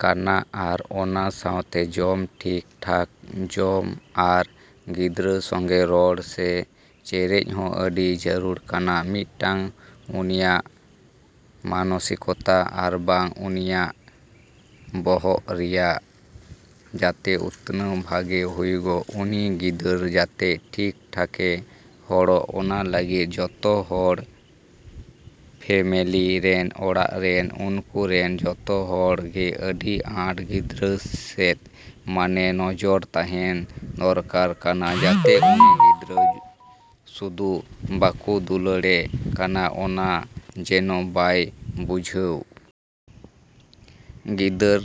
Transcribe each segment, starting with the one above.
ᱠᱟᱱᱟ᱾ ᱟᱨ ᱚᱱᱟ ᱥᱟᱶᱛᱮ ᱡᱚᱢ ᱴᱷᱤᱠ ᱴᱷᱟᱠ ᱡᱚᱡ ᱟᱨ ᱜᱤᱫᱽᱨᱟᱹ ᱥᱚᱸᱜᱮ ᱨᱚᱲ ᱥᱮ ᱪᱮᱨᱮᱡ ᱦᱚᱸ ᱟᱹᱰᱤ ᱡᱟᱹᱨᱩᱲ ᱠᱟᱱᱟ ᱢᱤᱫᱴᱟᱹᱝ, ᱩᱱᱤᱭᱟᱜ ᱢᱟᱱᱚᱥᱤᱠᱛᱟ ᱟᱨᱵᱟᱝ ᱩᱱᱤᱭᱟᱜ ᱵᱚᱦᱚᱜ ᱨᱮᱭᱟᱜ ᱡᱟᱛᱮ ᱩᱛᱱᱟᱹᱣ ᱵᱷᱟᱜᱮ ᱦᱩᱭᱩᱜ, ᱩᱱᱤ ᱜᱤᱫᱽᱨᱟᱹ ᱡᱟᱛᱮ ᱴᱷᱤᱠ ᱴᱷᱟᱠᱮ ᱦᱚᱲᱚᱜ, ᱚᱱᱟ ᱞᱟᱹᱜᱤᱫ ᱡᱚᱛᱚ ᱦᱚᱲ ᱯᱷᱮᱢᱮᱞᱤ ᱨᱮᱱ, ᱚᱲᱟᱜ ᱨᱮᱱ ᱩᱱᱠᱩ ᱨᱮᱱ ᱡᱷᱚᱛᱚ ᱦᱚᱲ ᱜᱮ ᱟᱹᱰᱤ ᱟᱸᱴ ᱜᱤᱫᱽᱨᱟᱹ ᱥᱮᱫ ᱢᱟᱱᱮ ᱱᱚᱡᱚᱨ ᱛᱟᱦᱮᱱ ᱫᱚᱨᱠᱟᱨ ᱠᱟᱱᱟ ᱡᱟᱛᱮ ᱩᱱᱤ ᱜᱤᱫᱽᱨᱟᱹ ᱥᱩᱫᱩ ᱵᱟᱠᱚ ᱫᱩᱞᱟᱹᱲᱮ ᱠᱟᱱᱟ ᱚᱱᱟ ᱡᱮᱱᱚ ᱵᱟᱭ ᱵᱩᱡᱷᱟᱹᱣ᱾ ᱜᱤᱫᱽᱨᱟᱹ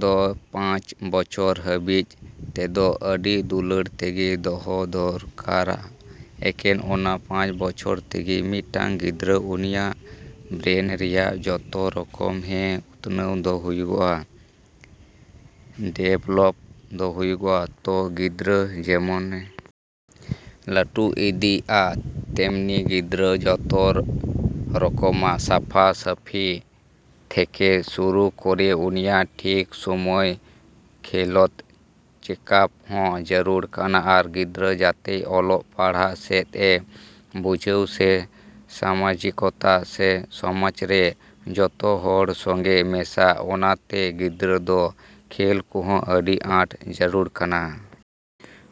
ᱫᱚ ᱯᱟᱸᱪ ᱵᱚᱪᱷᱚᱨ ᱦᱟᱹᱨᱤᱡ ᱛᱮᱫᱚ ᱟᱹᱰᱤ ᱫᱩᱞᱟᱹᱲ ᱛᱮᱜᱮ ᱫᱚᱦᱚ ᱫᱚᱨᱠᱟᱨᱟ, ᱮᱠᱮᱱ ᱚᱱᱟ ᱯᱟᱸᱪ ᱵᱚᱪᱷᱚᱨ ᱛᱮᱜᱮ ᱢᱤᱫᱴᱟᱹᱝ ᱜᱤᱫᱽᱨᱟᱹ ᱩᱱᱤᱭᱟᱜ ᱵᱨᱮᱱ ᱨᱮᱭᱟᱜ ᱡᱷᱚᱛᱚ ᱨᱚᱠᱚᱢ ᱦᱮᱸ ᱩᱛᱱᱟᱹᱣ ᱫᱚ ᱦᱩᱭᱩᱜᱼᱟ, ᱰᱮᱵᱷᱮᱞᱚᱯ ᱫᱚ ᱦᱩᱭᱩᱜᱼᱟ᱾ ᱛᱚ ᱜᱤᱫᱽᱨᱟᱹ ᱡᱮᱢᱚᱱᱮ ᱞᱟᱹᱴᱩ ᱤᱫᱤᱜᱼᱟ ᱛᱮᱢᱱᱤ ᱜᱤᱫᱽᱨᱟᱹ ᱡᱷᱚᱛᱚ ᱨᱚᱠᱚᱢᱟᱜ ᱥᱟᱯᱟ ᱥᱟᱯᱤ ᱛᱷᱮᱠᱮ ᱥᱩᱨᱩ ᱠᱚᱨᱮ ᱩᱱᱤᱭᱟᱜ ᱴᱷᱤᱠ ᱥᱚᱢᱚᱭ ᱦᱮᱞᱛᱷ ᱪᱮᱠᱟᱯ ᱦᱚᱸ ᱡᱟᱹᱨᱩᱲ ᱠᱟᱱᱟ ᱟᱨ ᱜᱤᱫᱽᱨᱟᱹ ᱡᱟᱛᱮᱭ ᱚᱞᱚᱜ ᱯᱟᱲᱦᱟᱜ ᱥᱮᱫ ᱮ ᱵᱩᱡᱷᱟᱹᱣ ᱥᱮ ᱥᱟᱢᱟᱡᱤᱠᱚᱛᱟ ᱥᱮ ᱥᱚᱢᱟᱡᱽ ᱨᱮ ᱡᱷᱚᱛᱚ ᱦᱚᱲ ᱥᱚᱸᱜᱮ ᱢᱮᱥᱟ, ᱚᱱᱟ ᱛᱮ ᱜᱤᱫᱽᱨᱟᱹ ᱫᱚ ᱠᱷᱮᱞ ᱠᱚᱦᱚᱸ ᱟᱹᱰᱤ ᱟᱸᱴ ᱡᱟᱹᱨᱩᱲ ᱠᱟᱱᱟ᱾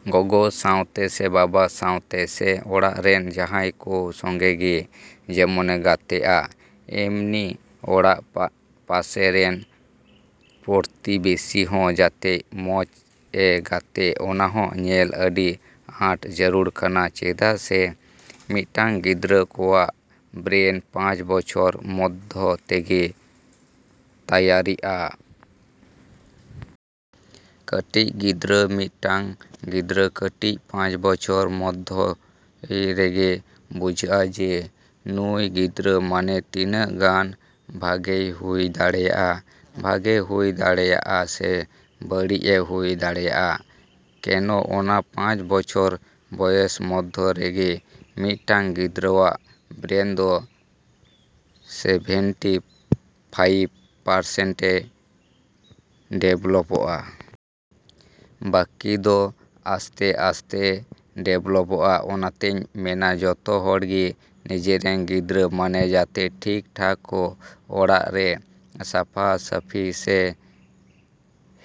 ᱜᱚᱜᱚ ᱥᱟᱶᱛᱮ ᱥᱮ ᱵᱟᱵᱟ ᱥᱟᱶᱛᱮ ᱥᱮ ᱚᱲᱟᱜ ᱨᱮᱱ ᱡᱟᱦᱟᱸᱭ ᱠᱚ ᱥᱚᱸᱜᱮ ᱜᱮ ᱡᱮᱢᱚᱱᱮ ᱜᱟᱛᱮᱜᱼᱟ, ᱮᱢᱱᱤ ᱚᱲᱟᱜ ᱯᱟᱥᱮ ᱨᱮᱱ ᱯᱨᱚᱛᱤᱵᱮᱥᱤ ᱦᱚᱸ ᱡᱟᱛᱮ ᱢᱚᱡᱽ ᱮ ᱜᱟᱛᱮᱜ, ᱚᱱᱟ ᱦᱚᱸ ᱧᱮᱞ ᱟᱹᱰᱤ ᱟᱸᱴ ᱡᱟᱹᱨᱩᱲ ᱠᱟᱱᱟ, ᱪᱮᱫᱟᱜ ᱥᱮ ᱢᱤᱫᱴᱟᱹᱝ ᱜᱤᱫᱽᱨᱟᱹ ᱠᱚᱣᱟᱜ ᱵᱨᱮᱱ ᱯᱟᱸᱪ ᱵᱚᱪᱷᱚᱨ ᱢᱚᱫᱷᱭᱚ ᱛᱮᱜᱮ ᱛᱚᱭᱟᱨᱤᱜᱼᱟ᱾ ᱠᱟᱹᱴᱤᱡ ᱜᱤᱫᱽᱨᱟᱹ, ᱢᱤᱫᱴᱟᱹᱝ ᱜᱤᱫᱽᱨᱟᱹ ᱠᱟᱹᱴᱤᱡ ᱯᱟᱸᱪ ᱵᱚᱪᱷᱚᱨ ᱢᱚᱫᱷᱭᱚ ᱨᱮᱜᱮ ᱵᱩᱡᱷᱟᱹᱜᱼᱟ ᱡᱮ ᱱᱩᱭ ᱜᱤᱫᱽᱨᱟᱹ ᱢᱟᱱᱮ ᱛᱤᱱᱟᱹᱜ ᱜᱟᱱ ᱵᱷᱟᱜᱮᱭ ᱦᱩᱭ ᱫᱟᱲᱮᱭᱟᱜᱼᱟ᱾ ᱵᱷᱟᱜᱮ ᱦᱩᱭ ᱫᱟᱲᱮᱭᱟᱜᱼᱟ ᱥᱮ ᱵᱟᱹᱲᱤᱡ ᱮ ᱦᱩᱭ ᱫᱟᱲᱮᱭᱟᱜᱼᱟ᱾ ᱠᱮᱱᱚ ᱚᱱᱟ ᱯᱟᱸᱪ ᱵᱚᱪᱷᱚᱨ ᱵᱚᱭᱮᱥ ᱢᱚᱫᱷᱭᱚ ᱨᱮᱜᱮ ᱢᱤᱫᱴᱟᱹᱝ ᱜᱤᱫᱽᱨᱟᱹᱣᱟᱜ ᱵᱨᱮᱱ ᱫᱚ ᱥᱮᱵᱷᱮᱱᱴᱤ ᱯᱷᱟᱭᱤᱵᱽ ᱯᱟᱨᱥᱮᱱᱴ ᱰᱮᱵᱷᱮᱞᱚᱯᱚᱜᱼᱟ᱾ ᱵᱟᱠᱤ ᱫᱚ ᱟᱥᱛᱮᱼᱟᱥᱛᱮ ᱰᱮᱵᱷᱮᱞᱚᱯᱚᱜᱼᱟ, ᱚᱱᱟᱛᱮᱧ ᱢᱮᱱᱟ ᱡᱷᱚᱛᱚ ᱦᱚᱲ ᱜᱮ ᱱᱤᱡᱮᱨᱮᱱ ᱜᱤᱫᱽᱨᱟᱹ ᱢᱟᱱᱮ ᱡᱟᱛᱮ ᱴᱷᱤᱠ ᱴᱷᱟᱠ ᱠᱚ ᱚᱲᱟᱜ ᱨᱮ ᱥᱟᱯᱟ ᱥᱟᱯᱤ ᱥᱮ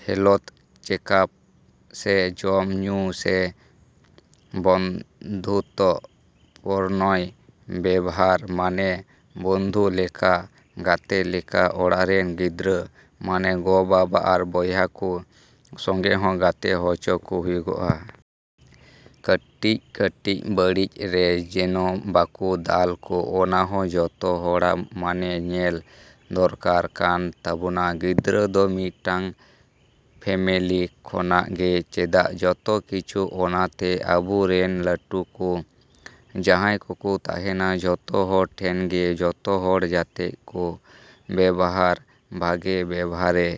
ᱦᱮᱞᱛᱷ ᱪᱮᱠᱟᱯ ᱥᱮ ᱡᱚᱢ ᱧᱩ ᱥᱮ ᱵᱚᱱᱫᱷᱩᱛᱛᱚ ᱯᱩᱨᱱᱚ ᱵᱮᱵᱚᱦᱟᱨ ᱢᱟᱱᱮ ᱵᱚᱱᱫᱷᱩ ᱞᱮᱠᱟ, ᱜᱟᱛᱮᱜ ᱞᱮᱠᱟ ᱚᱲᱟᱜ ᱨᱮᱱ ᱜᱤᱫᱽᱨᱟᱹ ᱢᱟᱱᱮ ᱜᱚ ᱵᱟᱵᱟ ᱟᱨ ᱵᱚᱭᱦᱟ ᱠᱚ ᱥᱚᱸᱜᱮ ᱦᱚᱸ ᱜᱟᱛᱮ ᱦᱚᱪᱚ ᱠᱚ ᱦᱩᱭᱩᱜᱼᱟ᱾ ᱠᱟᱹᱴᱤᱡᱼᱠᱟᱹᱴᱤᱡ ᱵᱟᱹᱲᱤᱡ ᱨᱮ ᱡᱮᱱᱚ ᱵᱟᱠᱚ ᱫᱟᱞ ᱠᱚ ᱚᱱᱟ ᱦᱚᱸ ᱡᱷᱚᱛᱚ ᱦᱚᱲᱟᱜ ᱢᱟᱱᱮ, ᱧᱮᱞ ᱫᱚᱨᱠᱟᱨ ᱠᱟᱱ ᱛᱟᱵᱚᱱᱟ, ᱜᱤᱫᱽᱨᱟᱹ ᱫᱚ ᱢᱤᱫᱴᱟᱹᱝ ᱯᱷᱮᱢᱮᱞᱤ ᱠᱷᱚᱱᱟᱜ ᱜᱮ ᱪᱮᱫᱟ ᱡᱚᱛᱚ ᱠᱤᱪᱷᱩ, ᱚᱱᱟ ᱛᱮ ᱟᱵᱚ ᱨᱮᱱ ᱞᱟᱹᱴᱩ ᱠᱚ ᱡᱟᱦᱟᱸᱭ ᱠᱚᱠᱚ ᱛᱟᱦᱮᱱᱟ ᱡᱷᱚᱛᱚ ᱦᱚᱲ ᱴᱷᱮᱱ ᱜᱮ ᱡᱷᱚᱛᱚ ᱦᱚᱲ ᱡᱟᱛᱮ ᱠᱚ ᱵᱮᱵᱚᱦᱟᱨ, ᱵᱷᱟᱜᱮ ᱵᱮᱵᱚᱦᱟᱨᱮ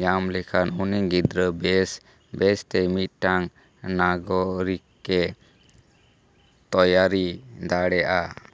ᱧᱟᱢ ᱞᱮᱠᱷᱟᱱ ᱩᱱᱤ ᱜᱤᱫᱽᱨᱟᱹ ᱵᱮᱥ, ᱵᱮᱥ ᱛᱮ ᱢᱤᱫᱴᱟᱹᱝ ᱱᱟᱜᱚᱨᱤᱠᱮ ᱛᱚᱭᱟᱨᱤ ᱫᱟᱲᱮᱭᱟᱜᱼᱟ᱾